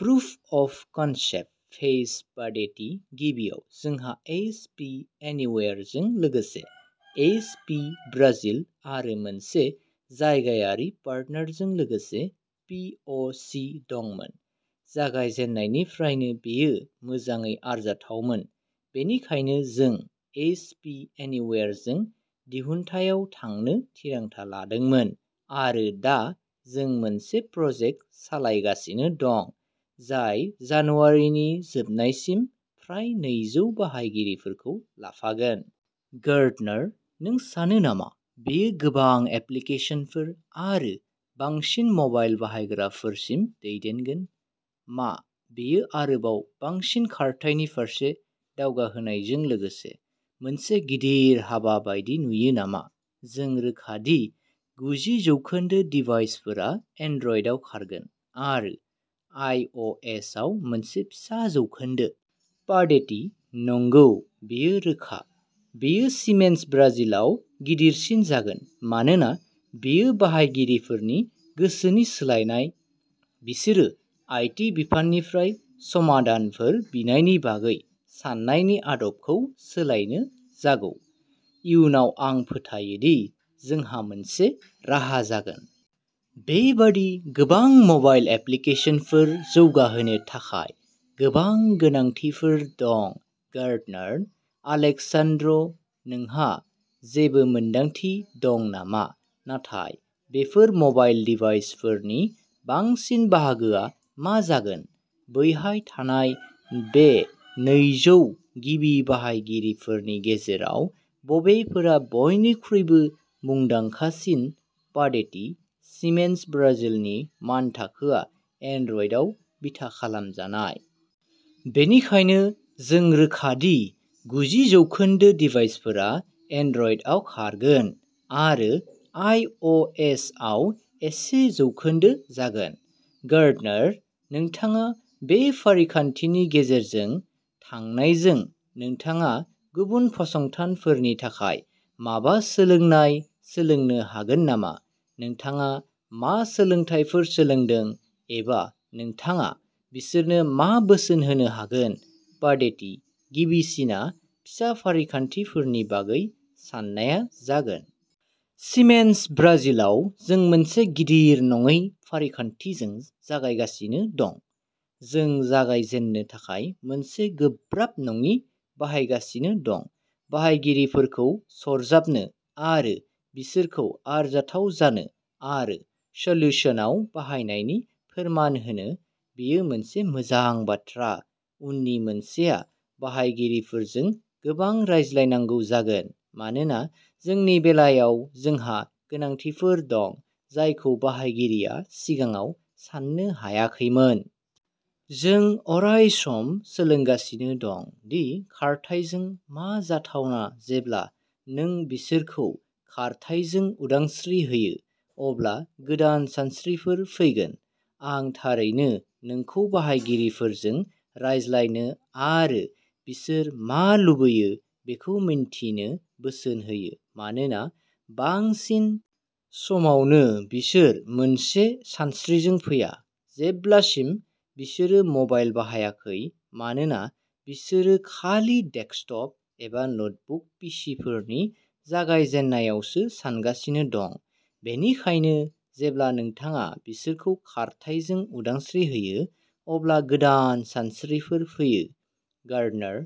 Proof of concept phase पाडेटि गिबियाव जोंहा एइच पि एनिवेयारजों लोगोसे एइच पि ब्राजिल आरो मोनसे जायगायारि पार्टनारजों लोगोसे पि अ सि दंमोन। जागायजेन्नायनिफ्रायनो बेयो मोजाङै आरजाथावमोन बेनिखायनो जों एच पि एनिवेयारजों दिहुनथायाव थांनो थिरांथा लादोंमोन आरो दा जों मोनसे प्रजेक्ट सालायगासिनो दं जाय जानुवारिनि जोबनायसिम फ्राय नैजौ बाहायगिरिफोरखौ लाफागोन। गार्डनार नों सानो नामा बेयो गोबां एप्लिकेशनफोर आरो बांसिन म'बाइल बाहायग्राफोरसिम दैदेनगोन मा बेयो आरोबाव बांसिन खारथाइनि फारसे दावगाहोनायजों लोगोसे मोनसे गिदिर हाबा बायदि नुयो नामा जों रोखा दि गुजि जौखोन्दो डिभाइसफोरा एन्ड्रइडआव खारगोन आरो आइ अ एस आव मोनसे फिसा जौखोन्दो। पाडेटि नंगौ बेयो रोखा। बेयो सिमेन्स ब्राजिलाव गिदिरसिन जागोन मानोना बेयो बाहायगिरिफोरनि गोसोनि सोलायनाय बिसोरो आइ टि बिफाननिफ्राय समाधानफोर बिनायनि बागै सान्नायनि आदबखौ सोलायनो जागौ। इयुनाव आं फोथायो दि जोंहा मोनसे राहा जागोन। बेबादि गोबां मबाइल एप्लिकेसनफोर जौगाहोनो थाखाय गोबां गोनांथिफोर दं गार्डनार आलेक्सान्द्र नोंहा जेबो मोनदांथि दं नामा नाथाय बेफोर मबाइल डिभाइसफोरनि बांसिन बाहागोआ मा जागोन बैहाय थानाय बे नैजौ गिबि बाहायगिरिफोरनि गेजेराव बबेफोरा बयनिख्रुइबो मुंदांखासिन पाडेति सिमेन्स ब्राजिलनि मानथाखोआ एन्ड्रइडआव बिथा खालामजानाय। बेनिखायनो जों रोखा दि गुजि जौखोन्दो डिभाइसफोरा एन्ड्रइडआव खारगोन आरो आइ अ एस आव एसे जौखोन्दो जागोन। गार्डनार नोंथाङा बे फारिखान्थिनि गेजेरजों थांनायजों नोंथाङा गुबुन फसंथानफोरनि थाखाय माबा सोलोंनाय सोलोंनो हागोन नामा नोंथाङा मा सोलोंथायफोर सोलोंदों एबा नोंथाङा बिसोरनो मा बोसोन होनो हागोन पाडेटि गिबिसिनआ फिसा फारिखान्थिफोरनि बागै साननाया जागोन। सिमेन्स ब्राजिलाव जों मोनसे गिदिर नङै फारिखान्थिजों जागायगासिनो दं। जों जागायजेननो थाखाय मोनसे गोब्राब नङि बाहायगासिनो दं बाहायगिरिफोरखौ सरजाबनो आरो बिसोरखौ आरजाथाव जानो आरो सोल्युशनाव बाहायनायनि फोरमान होनो बेयो मोनसे मोजां बाथ्रा उननि मोनसेआ बाहायगिरिफोरजों गोबां रायज्लायनांगौ जागोन मानोना जोंनि बेलायाव जोंहा गोनांथिफोर दं जायखौ बाहायगिरिया सिगाङाव साननो हायाखैमोन। जों अरायसम सोलोंगासिनो दं दि खारथाइजों मा जाथावना जेब्ला नों बिसोरखौ खारथाइजों उदांस्रि होयो अब्ला गोदान सानस्रिफोर फैगोन आं थारैनो नोंखौ बाहायगिरिफोरजों रायज्लायनो आरो बिसोर मा लुबैयो बेखौ मिन्थिनो बोसोन होयो मानोना बांसिन समावनो बिसोर मोनसे सानस्रिजों फैया जेब्लासिम बिसोरो मबाइल बाहायाखै मानोना बिसोरो खालि डेस्कटप एबा नटबुक पिसिफोरनि जागायजेननायावसो सानगासिनो दं बेनिखायनो जेब्ला नोंथाङा बिसोरखौ खारथाइजों उदांस्रि होयो अब्ला गोदान सानस्रिफोर फैयो गार्डनार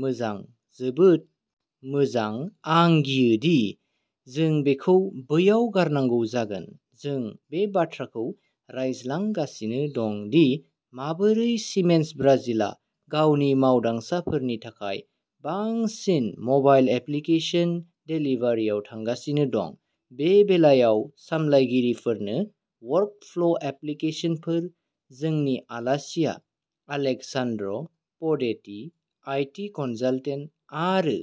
मोजां जोबोद मोजां आं गियोदि जों बेखौ बैयाव गारनांगौ जागोन जों बे बाथ्राखौ रायज्लांगासिनो दं दि माबोरै सिमेन्स ब्राजिलआ गावनि मावदांसाफोरनि थाखाय बांसिन मबाइल एप्लिकेसन देलिभारिआव थांगासिनो दं बे बेलायाव सामलायगिरिफोरनो वर्कफ्ल'एप्लिकेसनफोर जोंनि आलासिआ आलेक्सान्द्र पडेति आईटी कनसालटेन्ट आरो